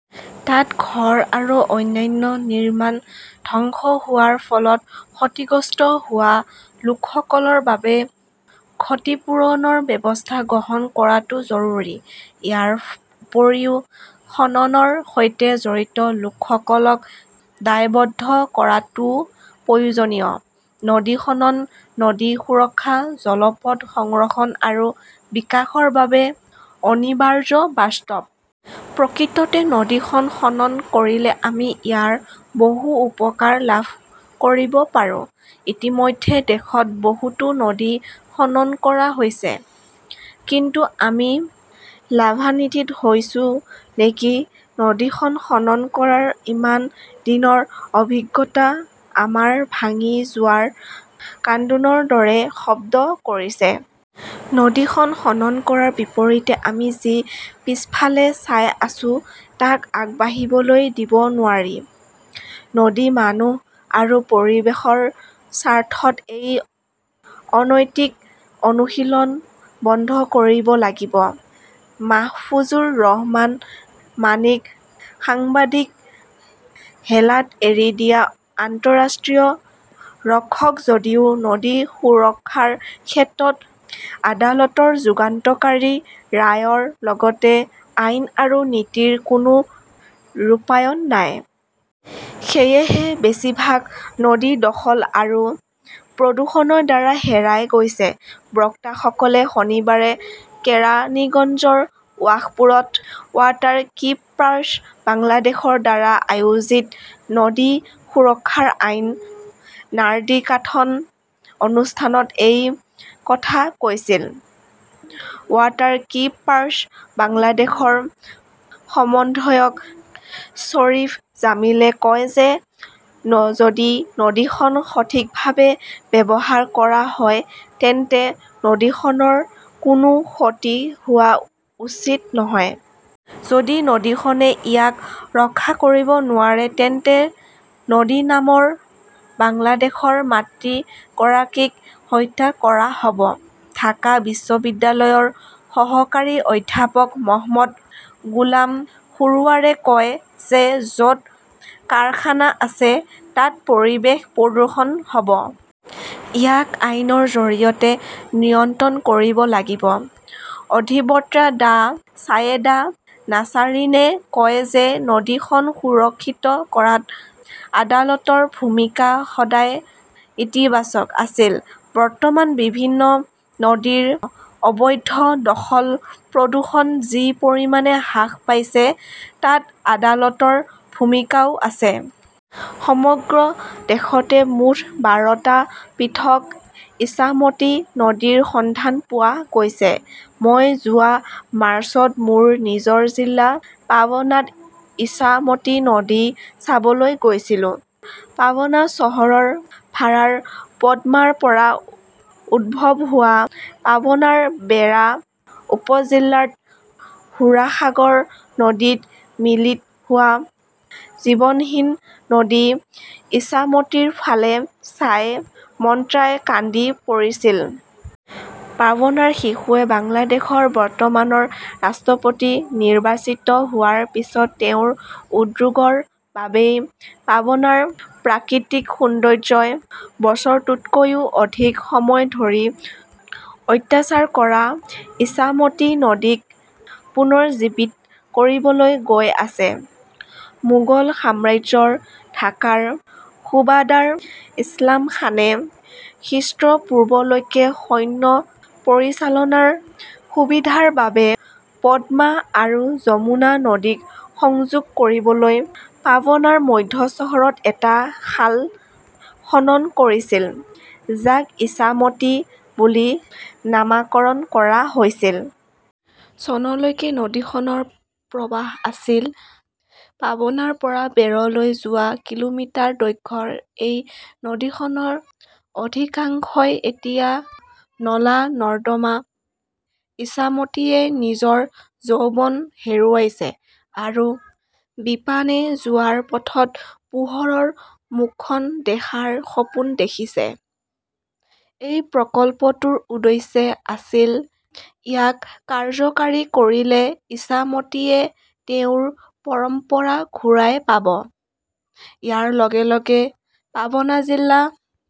তাত ঘৰ আৰু অন্যান্য নিৰ্মাণ ধ্বংস হোৱাৰ ফলত ক্ষতিগ্ৰস্ত হোৱা লোকসকলৰ বাবে ক্ষতিপূৰণৰ ব্যৱস্থা গ্ৰহণ কৰাটো জৰুৰী। ইয়াৰ উপৰিও খননৰ সৈতে জড়িত লোকসকলক দায়বদ্ধ কৰাটোও প্ৰয়োজনীয়। নদী খনন নদী সুৰক্ষা, জলপথ সংৰক্ষণ আৰু বিকাশৰ বাবে অনিবাৰ্য বাস্তৱ। প্ৰকৃততে নদীখন খনন কৰিলে আমি ইয়াৰ বহু উপকাৰ লাভ কৰিব পাৰোঁ। ইতিমধ্যে দেশত বহুতো নদী খনন কৰা হৈছে। কিন্তু আমি লাভান্বিত হৈছো নেকি নদীখন খনন কৰাৰ ইমান দিনৰ অভিজ্ঞতা আমাৰ ভাঙি যোৱাৰ কান্দোনৰ দৰে শব্দ কৰিছে। নদীখন খনন কৰাৰ বিপৰীতে আমি যি পিছফালে চাই আছো তাক আগবাঢ়িবলৈ দিব নোৱাৰি। নদী, মানুহ আৰু পৰিৱেশৰ স্বাৰ্থত এই অনৈতিক অনুশীলন বন্ধ কৰিব লাগিব। মাহফুজুৰ ৰহমান মাণিকঃ সাংবাদিক হেলাত এৰি দিয়া আন্তঃৰাষ্ট্ৰীয় ৰক্ষক যদিও নদী সুৰক্ষাৰ ক্ষেত্ৰত আদালতৰ যুগান্তকাৰী ৰায়ৰ লগতে আইন আৰু নীতিৰ কোনো ৰূপায়ণ নাই। সেয়েহে বেছিভাগ নদী দখল আৰু প্ৰদূষণৰ দ্বাৰা হেৰাই গৈছে। বক্তাসকলে শনিবাৰে কেৰানিগঞ্জৰ ৱাশপুৰত ৱাটাৰকীপাৰ্ছ বাংলাদেশৰ দ্বাৰা আয়োজিত নদী সুৰক্ষাৰ আইন নাৰ্দিকাথন অনুষ্ঠানত এই কথা কৈছিল। ৱাটাৰকীপাৰ্ছ বাংলাদেশৰ সমন্বয়ক শ্বৰীফ জামিলে কয় যে যদি নদীখন সঠিকভাৱে ব্যৱহাৰ কৰা হয় তেন্তে নদীখনৰ কোনো ক্ষতি হোৱা উচিত নহয়। যদি নদীখনে ইয়াক ৰক্ষা কৰিব নোৱাৰে, তেন্তে নদী নামৰ বাংলাদেশৰ মাতৃগৰাকীক হত্যা কৰা হ 'ব। ঢাকা বিশ্ববিদ্যালয়ৰ সহকাৰী অধ্যাপক মহম্মদ গোলাম সৰোৱাৰে কয় যে য 'ত কাৰখানা আছে তাত পৰিৱেশ প্ৰদূষণ হ' ব। ইয়াক আইনৰ জৰিয়তে নিয়ন্ত্ৰণ কৰিব লাগিব। অধিবক্তা ডাঃ ছায়েদা নাছাৰিনে কয় যে নদীখন সুৰক্ষিত কৰাত আদালতৰ ভূমিকা সদায় ইতিবাচক আছিল। বৰ্তমান বিভিন্ন নদীৰ অবৈধ দখল-প্ৰদূষণ যি পৰিমাণে হ্ৰাস পাইছে তাত আদালতৰ ভূমিকাও আছে। সমগ্ৰ দেশতে মুঠ বাৰ টা পৃথক ইছামতী নদীৰ সন্ধান পোৱা গৈছে। মই যোৱা মাৰ্চত মোৰ নিজৰ জিলা পাবনাত ইছামতী নদী চাবলৈ গৈছিলো। পাবনা চহৰৰ ভাৰাৰ পদ্মাৰ পৰা উদ্ভৱ হোৱা, পাবনাৰ বেৰা উপজিল্লাত হুৰাসাগৰ নদীত মিলিত হোৱা জীৱনহীন নদী ইছামতীৰ ফালে চাই মন্টাই কান্দি পৰিছিল। পাবনাৰ শিশুৱে বাংলাদেশৰ বৰ্তমানৰ ৰাষ্ট্ৰপতি নিৰ্বাচিত হোৱাৰ পিছত তেওঁৰ উদ্যোগৰ বাবেই পাবনাৰ প্ৰাকৃতিক সৌন্দৰ্যই বছৰতকৈও অধিক সময় ধৰি অত্যাচাৰ কৰা ইছামতী নদীক পুনৰ জীৱিত কৰিবলৈ গৈ আছে। মোগল সাম্ৰাজ্যৰ ঢাকাৰ সুবাদাৰ ইছলাম খানে খ্ৰীষ্টপূৰ্বলৈকে সৈন্য পৰিচালনাৰ সুবিধাৰ বাবে পদ্মা আৰু যমুনা নদীক সংযোগ কৰিবলৈ পাবনাৰ মধ্য চহৰত এটা খাল খনন কৰিছিল, যাক ইছামতী বুলি নামকৰণ কৰা হৈছিল। চনলৈকে নদীখনৰ প্ৰবাহ আছিল। পাবনাৰ পৰা বেৰলৈ যোৱা কিলোমিটাৰ দৈৰ্ঘ্যৰ এই নদীখনৰ অধিকাংশই এতিয়া নলা-নৰ্দমা। ইছামতীয়ে নিজৰ যৌৱন হেৰুৱাইছে আৰু বিপানে যোৱাৰ পথত পোহৰৰ মুখখন দেখাৰ সপোন দেখিছে। এই প্ৰকল্পটোৰ উদ্দেশ্য আছিল-ইয়াক কাৰ্যকৰী কৰিলে ইছামতীয়ে তেওঁৰ পৰম্পৰা ঘূৰাই পাব। ইয়াৰ লগে লগে পাবনা জিলা